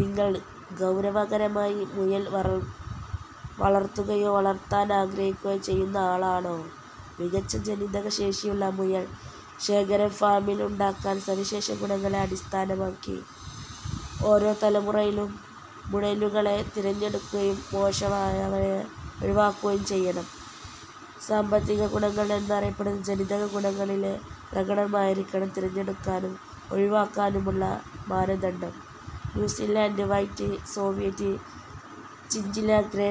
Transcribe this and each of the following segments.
നിങ്ങൾ ഗൗരവകരമായി മുയൽ വളർത്തുകയോ വളർത്താനാഗ്രഹിക്കുകയോ ചെയ്യുന്ന ആളാണോ? മികച്ച ജനിതക ശേഷിയുള്ള മുയൽ ശേഖരം ഫാമിലുണ്ടാകാൻ സവിശേഷ ഗുണങ്ങളെ അടിസ്ഥാനമാക്കി ഓരോ തലമുറയിലും മുയലുകളെ തിരഞ്ഞെടുക്കുകയും മോശമായവയെ ഒഴിവാക്കുകയും ചെയ്യണം. സാമ്പത്തിക ഗുണങ്ങൾ എന്നറിയപ്പെടുന്ന ജനിതക ഗുണങ്ങളിലെ പ്രകടനമായിരിക്കണം തിരഞ്ഞെടുക്കാനും ഒഴിവാക്കാനുമുള്ള മാനദണ്ഡം. New Zealand white, Soviet chinchilla, grey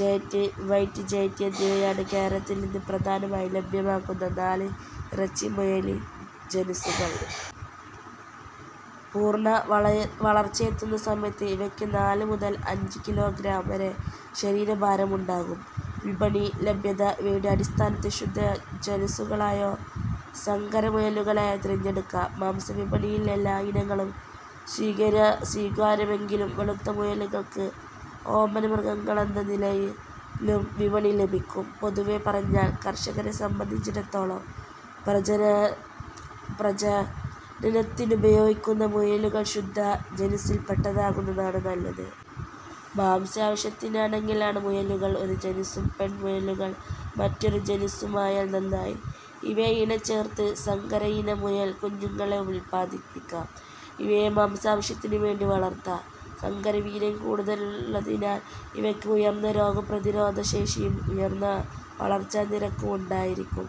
giant, white giant എന്നിവയാണ് കേരളത്തിൽ ഇന്ന് പ്രധാനമായി ലഭ്യമാകുന്ന നാല് ഇറച്ചി മുയൽ ജനുസുകൾ. പൂർണ്ണ വളർച്ചയെത്തുന്ന സമയത്ത് ഇവയ്ക്ക് നാല് മുതൽ അഞ്ച് കിലോഗ്രാം വരെ ശരീരഭാരമുണ്ടാകും. വിപണി, ലഭ്യത ഇവയുടെ അടിസ്ഥാനത്തിൽ ശുദ്ധ ജനുസുകളെയോ സങ്കര മുയലുകളെയോ തിരഞ്ഞെടുക്കാം. മാംസ വിപണിയിൽ എല്ലാ ഇനങ്ങളും സ്വീകാര്യമെങ്കിലും വെളുത്ത മുയലുകൾക്ക് ഓമനമൃഗങ്ങളെന്ന നിലയിലും വിപണി ലഭിക്കും. പൊതുവെ പറഞ്ഞാൽ കർഷകരെ സംബന്ധിച്ചിടത്തോളം പ്രജനനത്തിനുപയോഗിക്കുന്ന മുയലുകൾ ശുദ്ധ ജനുസിൽപ്പെട്ടതാകുന്നതാണ് നല്ലത്. മാംസാവശ്യത്തിനാണെങ്കിൽ ആണ് മുയലുകൾ ഒരു ജനുസും പെൺ മുയലുകൾ മറ്റൊരു ജനുസുമായാൽ നന്നായി. ഇവയെ ഇണ ചേർത്ത് സങ്കരയിനം മുയൽ കുഞ്ഞുങ്ങളെ ഉൽപാദിപ്പിക്കാം. ഇവയെ മാംസാവശ്യത്തിനു വേണ്ടി വളർത്താം. സങ്കരവീര്യം കൂടുതലുള്ളതിനാൽ ഇവയ്ക്ക് ഉയർന്ന രോഗപ്രതിരോധശേഷിയും, ഉയർന്ന വളർച്ചാ നിരക്കും ഉണ്ടായിരിക്കും.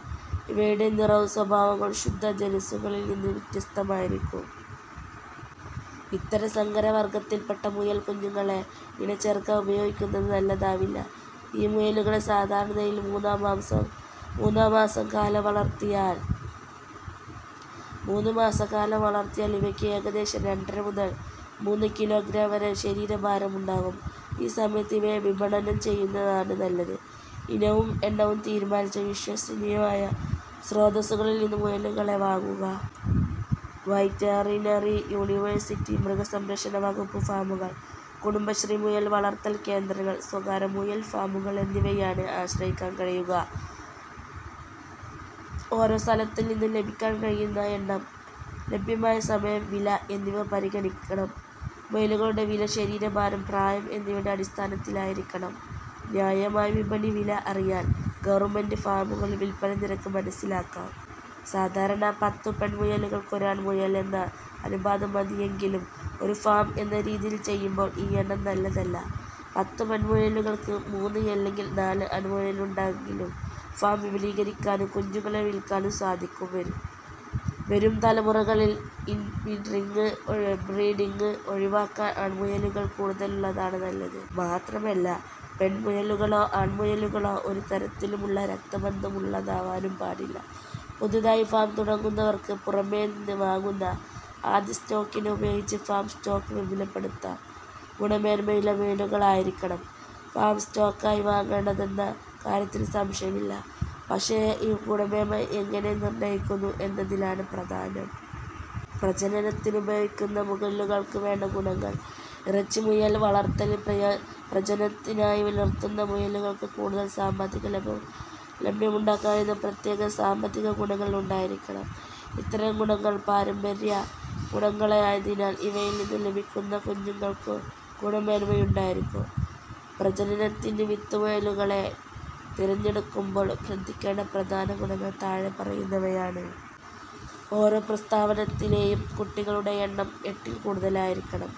ഇവയുടെ നിറവും സ്വഭാവങ്ങളും ശുദ്ധ ജനുസുകളിൽനിന്ന് വ്യത്യസ്തമായിരിക്കും. ഇത്തരം സങ്കര വർഗ്ഗത്തിൽപ്പെട്ട മുയൽ കുഞ്ഞുങ്ങളെ ഇണ ചേർക്കാൻ ഉപയോഗിക്കുന്നത് നല്ലതാവില്ല. ഈ മുയലുകളെ സാധാരണ നിലയിൽ മൂന്നു മാസം കാലം വളർത്തിയാൽ ഇവയ്ക്ക് ഏകദേശം രണ്ടര മുതൽ മൂന്ന് കിലോഗ്രാം വരെ ശരീരഭാരം ഉണ്ടാകും. ഈ സമയത്ത് ഇവയെ വിപണനം ചെയ്യുന്നതാണ് നല്ലത്. ഇനവും, എണ്ണവും തീരുമാനിച്ചാൽ വിശ്വസനീയമായ സ്രോതസുകളിൽനിന്നും മുയലുകളെ വാങ്ങുക. വെറ്ററിനറി യൂണിവേഴ്സിറ്റി, മൃഗസംരക്ഷണ വകുപ്പ് ഫാമുകൾ, കുടുംബശ്രീ മുയൽ വളർത്തൽ കേന്ദ്രങ്ങൾ, സ്വകാര്യ മുയൽ ഫാമുകൾ എന്നിവയെയാണ് ആശ്രയിക്കാൻ കഴിയുക. ഓരോ സ്ഥലത്തുനിന്നും ലഭിക്കാൻ കഴിയുന്ന എണ്ണം, ലഭ്യമായ സമയം, വില എന്നിവ പരിഗണിക്കണം. മുയലുകളുടെ വില ശരീരഭാരം, പ്രായം എന്നിവയുടെ അടിസ്ഥാനത്തിലായിരിക്കണം. ന്യായമായ വിപണി വില അറിയാൻ ഗവൺമെൻ്റ് ഫാമുകളിലെ വിൽപ്പന നിരക്ക് മനസ്സിലാക്കാം. സാധാരണ പത്തു പെൺ മുയലുകൾക്ക് ഒരു ആൺമുയൽ എന്ന അനുപാതം മതിയെങ്കിലും ഒരു ഫാം എന്ന രീതിയിൽ ചെയ്യുമ്പോൾ ഈ എണ്ണം നല്ലതല്ല. പത്ത് പെൺമുയലുകൾക്ക് മൂന്ന് അല്ലെങ്കിൽ നാല് ആൺമുയലുകളുണ്ടെങ്കിൽ ഫാം വിപുലീകരിക്കാനും കുഞ്ഞുങ്ങളെ വിൽക്കാനും സാധിക്കും. വരും തലമുറകളിൽ ഇൻബ്രീഡിങ് ഒഴിവാക്കാൻ ആൺമുയലുകൾ കൂടുതലുള്ളതാണ് നല്ലത്. മാത്രമല്ല പെൺമുയലുകളോ ആൺമുയലുകളോ ഒരു തരത്തിലുമുള്ള രക്തബന്ധം ഉള്ളതാവാനും പാടില്ല. പുതുതായി ഫാം തുടങ്ങുന്നവർക്ക് പുറമേനിന്ന് വാങ്ങുന്ന ആദ്യ സ്റ്റോക്കിനെ ഉപയോഗിച്ച് ഫാം സ്റ്റോക്ക് വിപുലപ്പെടുത്താം. ഗുണമേന്മയുള്ള മുയലുകളായിരിക്കണം ഫാം സ്റ്റോക്കായി വാങ്ങേണ്ടതെന്ന കാര്യത്തിൽ സംശയമില്ല. പക്ഷേ ഈ ഗുണമേന്മ എങ്ങനെ നിർണ്ണയിക്കുന്നു എന്നതിലാണ് പ്രധാനം. പ്രജനനത്തിനുപയോഗിക്കുന്ന മുയലുകൾക്ക് വേണ്ട ഗുണങ്ങൾ: ഇറച്ചി മുയൽ വളർത്തലിൽ പ്രജനനത്തിനായി നിർത്തുന്ന മുയലുകൾക്ക് കൂടുതൽ സാമ്പത്തിക ലാഭമുണ്ടാക്കാൻ കഴിയുന്ന പ്രത്യേക സാമ്പത്തിക ഗുണങ്ങൾ ഉണ്ടായിരിക്കണം. ഇത്തരം ഗുണങ്ങൾ പാരമ്പര്യ ഗുണങ്ങളായതിനാൽ ഇവയിൽനിന്നും ലഭിക്കുന്ന കുഞ്ഞുങ്ങൾക്കും ഗുണമേന്മയുണ്ടായിരിക്കും. പ്രജനനത്തിനുള്ള വിത്തുമുയലുകളെ തിരഞ്ഞെടുക്കുമ്പോൾ ശ്രദ്ധിക്കേണ്ട പ്രധാന ഗുണങ്ങൾ താഴെ പറയുന്നവയാണ്. ഓരോ പ്രസവത്തിലെയും കുട്ടികളുടെ എണ്ണം എട്ടിൽ കൂടുതലായിരിക്കണം.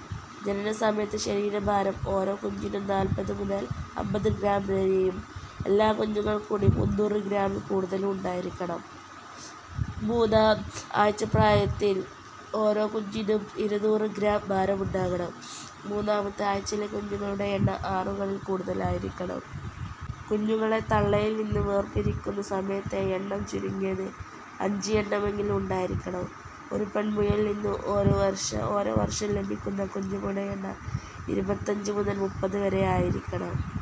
ജനനസമയത്തെ ശരീരഭാരം ഓരോ കുഞ്ഞിനും നാൽപ്പത് മുതൽ അമ്പത് ഗ്രാം വരെയും, എല്ലാ കുഞ്ഞുങ്ങൾക്കും കൂടി മുന്നൂറ് ഗ്രാമിൽ കൂടുതലും ഉണ്ടായിരിക്കണം. മൂന്നാം ആഴ്ച പ്രായത്തിൽ ഓരോ കുഞ്ഞിനും ഇരുന്നൂറ് ഗ്രാം ഭാരമുണ്ടാകണം. മൂന്നാമത്തെ ആഴ്ചയിലെ കുഞ്ഞുങ്ങളുടെ എണ്ണം ആറുകളിൽ കൂടുതലായിരിക്കണം. കുഞ്ഞുങ്ങളെ തള്ളയിൽനിന്നും വേർപിരിക്കുന്ന സമയത്തെ എണ്ണം ചുരുങ്ങിയത് അഞ്ച് എണ്ണമെങ്കിലും ഉണ്ടായിരിക്കണം. ഒരു പെൺമുയലിൽനിന്ന് ഓരോ വർഷവും ലഭിക്കുന്ന കുഞ്ഞുങ്ങളുടെ എണ്ണം ഇരുപത്തഞ്ച് മുതൽ മുപ്പത് വരെ ആയിരിക്കണം.